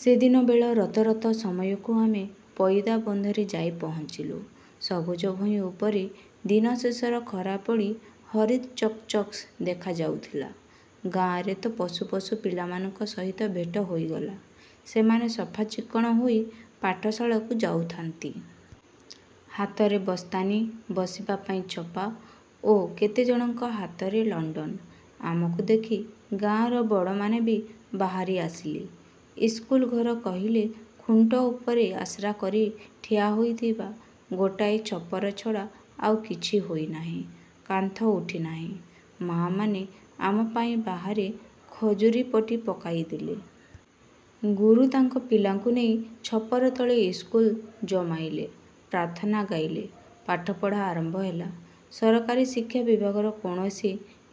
ସେଦିନ ବେଳ ରତ ରତ ସମୟକୁ ଆମେ ପଇଦାବନ୍ଧରେ ଯାଇ ପହଞ୍ଚିଲୁ। ସବୁଜ ଭୂଇଁ ଉପରେ ଦିନଶେଷର ଖରା ପଡ଼ି ହରିତ୍ ଚକ୍ ଚକ୍ସ ଦେଖାଯାଉଥିଲା। ଗାଆଁରେ ତ ପଶୁ ପଶୁ ପିଲାମାନଙ୍କ ସହିତ ଭେଟ ହୋଇଗଲା। ସେମାନେ ସଫା ଚିକ୍କଣ ହୋଇ ପାଠଶାଳାକୁ ଯାଉଥାନ୍ତି। ହାତରେ ବସ୍ତାନି, ବସିବା ପାଇଁ ଛପା ଓ କେତେଜଣଙ୍କ ହାତରେ ଲଣ୍ଡନ। ଆମକୁ ଦେଖି ଗାଆଁର ବଡ଼ମାନେ ବି ବାହାରି ଆସିଲେ। ଇସ୍କୁଲ ଘର କହିଲେ ଖୁଣ୍ଟ ଉପରେ ଆଶ୍ରାକରି ଠିଆ ହୋଇଥିବା ଗୋଟାଏ ଛପର ଛଡ଼ା ଆଉ କିଛି ହୋଇନାହିଁ। କାନ୍ଥ ଉଠିନାହିଁ। ମାଆମାନେ ଆମ ପାଇଁ ବାହାରେ ଖଜୁରିପଟି ପକାଇଦେଲେ। ଗୁରୁ ତାଙ୍କ ପିଲାଙ୍କୁ ନେଇ ଛପର ତଳେ ଇସ୍କୁଲ ଜମାଇଲେ। ପ୍ରାର୍ଥନା ଗାଇଲେ। ପାଠପଢ଼ା ଆରମ୍ଭ ହେଲା। ସରକାରୀ ଶିକ୍ଷା ବିଭାଗର କୌଣସି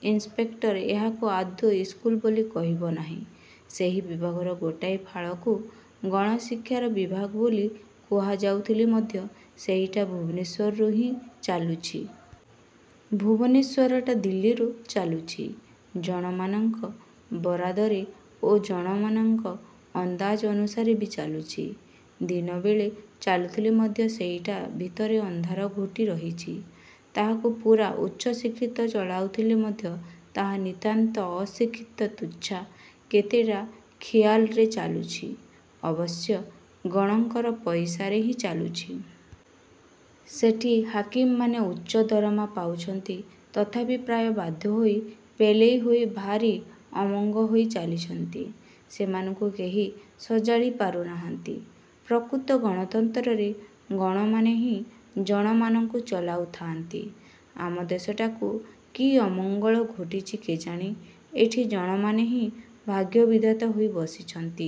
ଇନିସ୍ପେକ୍ଟର ଏହାକୁ ଆଦୌ ଇସ୍କୁଲ ବୋଲି କହିବ ନାହିଁ। ସେହି ବିଭାଗର ଗୋଟାଏ ଫାଳକୁ ଗଣଶିକ୍ଷାର ବିଭାଗ ବୋଲି କୁହାଯାଉଥିଲେ ମଧ୍ୟ ସେଇଟା ଭୁବନେଶ୍ୱରରୁ ହିଁ ଚାଲୁଛି। ଭୁବନେଶ୍ୱରଟା ଦିଲ୍ଲୀରୁ ଚାଲୁଛି। ଜଣମାନଙ୍କ ବରାଦରେ ଓ ଜଣମାନଙ୍କର ଅନ୍ଦାଜ ଅନୁସାରେ ବି ଚାଲୁଛି। ଦିନବେଳେ ଚାଲୁଥିଲେ ମଧ୍ୟ ସେଇଟା ଭିତରେ ଅନ୍ଧାର ଘୋଟି ରହିଛି। ତାହାକୁ ପୂରା ଉଚ୍ଚଶିକ୍ଷିତ ଚଳାଉଥିଲେ ମଧ୍ୟ ତାହା ନିତାନ୍ତ ଅଶିକ୍ଷିତ ତୁଚ୍ଛା କେତେଟା ଖିଆଲରେ ଚାଲୁଛି। ଅବଶ୍ୟ ଗଣଙ୍କର ପଇସାରେ ହିଁ ଚାଲୁଛି। ସେଠି ହାକିମମାନେ ଉଚ୍ଚ ଦରମା ପାଉଛନ୍ତି। ତଥାପି ପ୍ରାୟ ବାଧ୍ୟ ହୋଇ ପେଲେଇ ହୋଇ ଭାରି ଅମଙ୍ଗ ହୋଇ ଚାଲିଛନ୍ତି। ସେମାନଙ୍କୁ କେହି ସଜାଡ଼ି ପାରୁନାହାନ୍ତି। ପ୍ରକୃତ ଗଣତନ୍ତ୍ରରେ ଗଣମାନେ ହିଁ ଜଣମାନଙ୍କୁ ଚଲାଉ ଥାଆନ୍ତେ। ଆମ ଦେଶଟାକୁ କି ଅମଙ୍ଗଳ ଘୋଟିଛି କେଜାଣି, ଏଠି ଜଣମାନେ ହିଁ ଭାଗ୍ୟବିଧାତା ହୋଇ ବସିଛନ୍ତି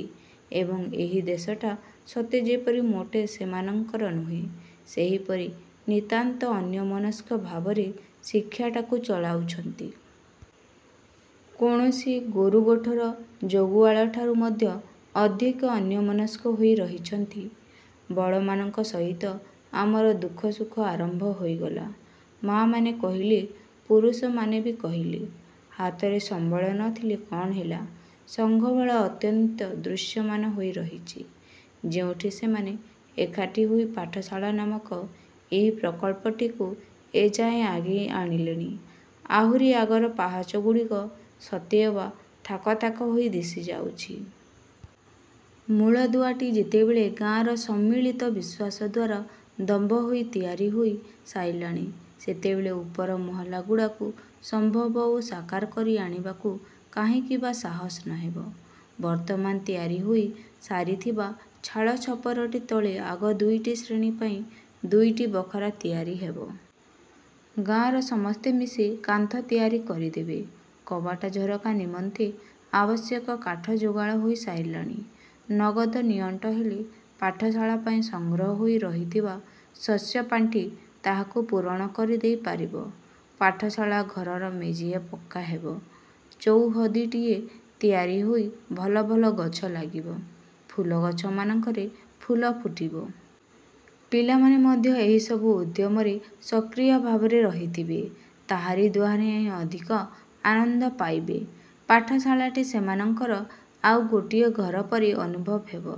ଏବଂ ଏହି ଦେଶଟା ସତେ ଯେପରି ମୋଟେ ସେମାନଙ୍କର ନୁହେଁ, ସେହିପରି ନିତାନ୍ତ ଅନ୍ୟମନସ୍କ ଭାବରେ ଶିକ୍ଷାଟାକୁ ଚଳାଉଛନ୍ତି। କୌଣସି ଗୋରୁଗୋଠର ଜଗୁଆଳଠାରୁ ମଧ୍ୟ ଅଧିକ ଅନ୍ୟମନସ୍କ ହୋଇ ରହିଛନ୍ତି। ବଡ଼ମାନଙ୍କ ସହିତ ଆମର ଦୁଃଖ ସୁଖ ଆରମ୍ଭ ହୋଇଗଲା। ମାଆମାନେ କହିଲେ, ପୁରଷମାନେ ବି କହିଲେ। ହାତରେ ସମ୍ବଳ ନଥିଲେ କ'ଣ ହେଲା, ସଂଘବଳ ଅତ୍ୟନ୍ତ ଦୃଶ୍ୟମାନ ହୋଇରହିଛି। ଯେଉଁଠି ସେମାନେ ଏକାଠି ହୋଇ ପାଠଶାଳା ନାମକ ଏହି ପ୍ରକଳ୍ପଟିକୁ ଏଯାଏ ଆଗେଇ ଆଣିଲେଣି, ଆହୁରି ଆଗର ପାହାଚଗୁଡ଼ିକ ସତେଅବା ଥାକ ଥାକ ହୋଇ ଦିଶିଯାଉଛି। ମୂଳଦୁଆଟି ଯେତେବେଳେ ଗାଆଁର ସମ୍ମିଳିତ ବିଶ୍ୱାସ ଦ୍ଵାରା ଦମ୍ଭ ହୋଇ ତିଆରି ହୋଇ ସାରିଲାଣି, ସେତେବେଳେ ଉପର ମହଲାଗୁଡ଼ାକୁ ସମ୍ଭବ ଓ ସାକାର କରି ଆଣିବାକୁ କାହିଁକି ବା ସାହସ ନହେବ? ବର୍ତ୍ତମାନ ତିଆରି ହୋଇ ସାରିଥିବା ଚାଳଛପରଟି ତଳେ ଆଗ ଦୁଇଟି ଶ୍ରେଣୀ ପାଇଁ ଦୁଇଟି ବଖରା ତିଆରି ହେବ। ଗାଆଁର ସମସ୍ତେ ମିଶି କାନ୍ଥ ତିଆରି କରିଦେବେ। କବାଟ ଝରକା ନିମନ୍ତେ ଆବଶ୍ୟକ କାଠ ଯୋଗାଡ଼ ହୋଇ ସାରିଲାଣି। ନଗଦ ନିଅଣ୍ଟ ହେଲେ ପାଠଶାଳା ପାଇଁ ସଂଗ୍ରହ ହୋଇ ରହିଥିବା ଶସ୍ୟପାଣ୍ଠି ତାହାକୁ ପୂରଣ କରିଦେଇ ପାରିବ। ପାଠଶାଳା ଘରର ମେଜିଆ ପକ୍କା ହେବ। ଚଉହଦୀଟିଏ ତିଆରି ହୋଇ ଭଲ ଭଲ ଗଛ ଲାଗିବ, ଫୁଲଗଛ ମାନଙ୍କରେ ଫୁଲ ଫୁଟିବ। ପିଲାମାନେ ମଧ୍ୟ ଏହିସବୁ ଉଦ୍ୟମରେ ସକ୍ରିୟ ଭାବରେ ରହିଥିବେ। ତାହାରି ଦ୍ୱାରା ହିଁ ଅଧିକ ଆନନ୍ଦ ପାଇବେ। ପାଠଶାଳାଟି ସେମାନଙ୍କର ଆଉ ଗୋଟିଏ ଘର ପରି ଅନୁଭବ ହେବ।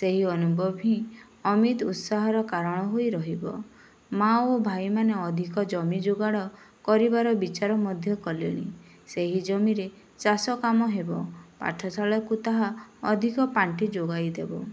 ସେହି ଅନୁଭବ ହିଁ ଅମିତ ଉତ୍ସାହର କାରଣ ହୋଇ ରହିବ। ମାଆ ଓ ଭାଇମାନେ ଅଧିକ ଜମି ଯୋଗାଡ଼ କରିବାର ବିଚାର ମଧ୍ୟ କଲେଣି। ସେହି ଜମିରେ ଚାଷକାମ ହେବ। ପାଠଶାଳାକୁ ତାହା ଅଧିକ ପାଣ୍ଠି ଯୋଗାଇଦେବ।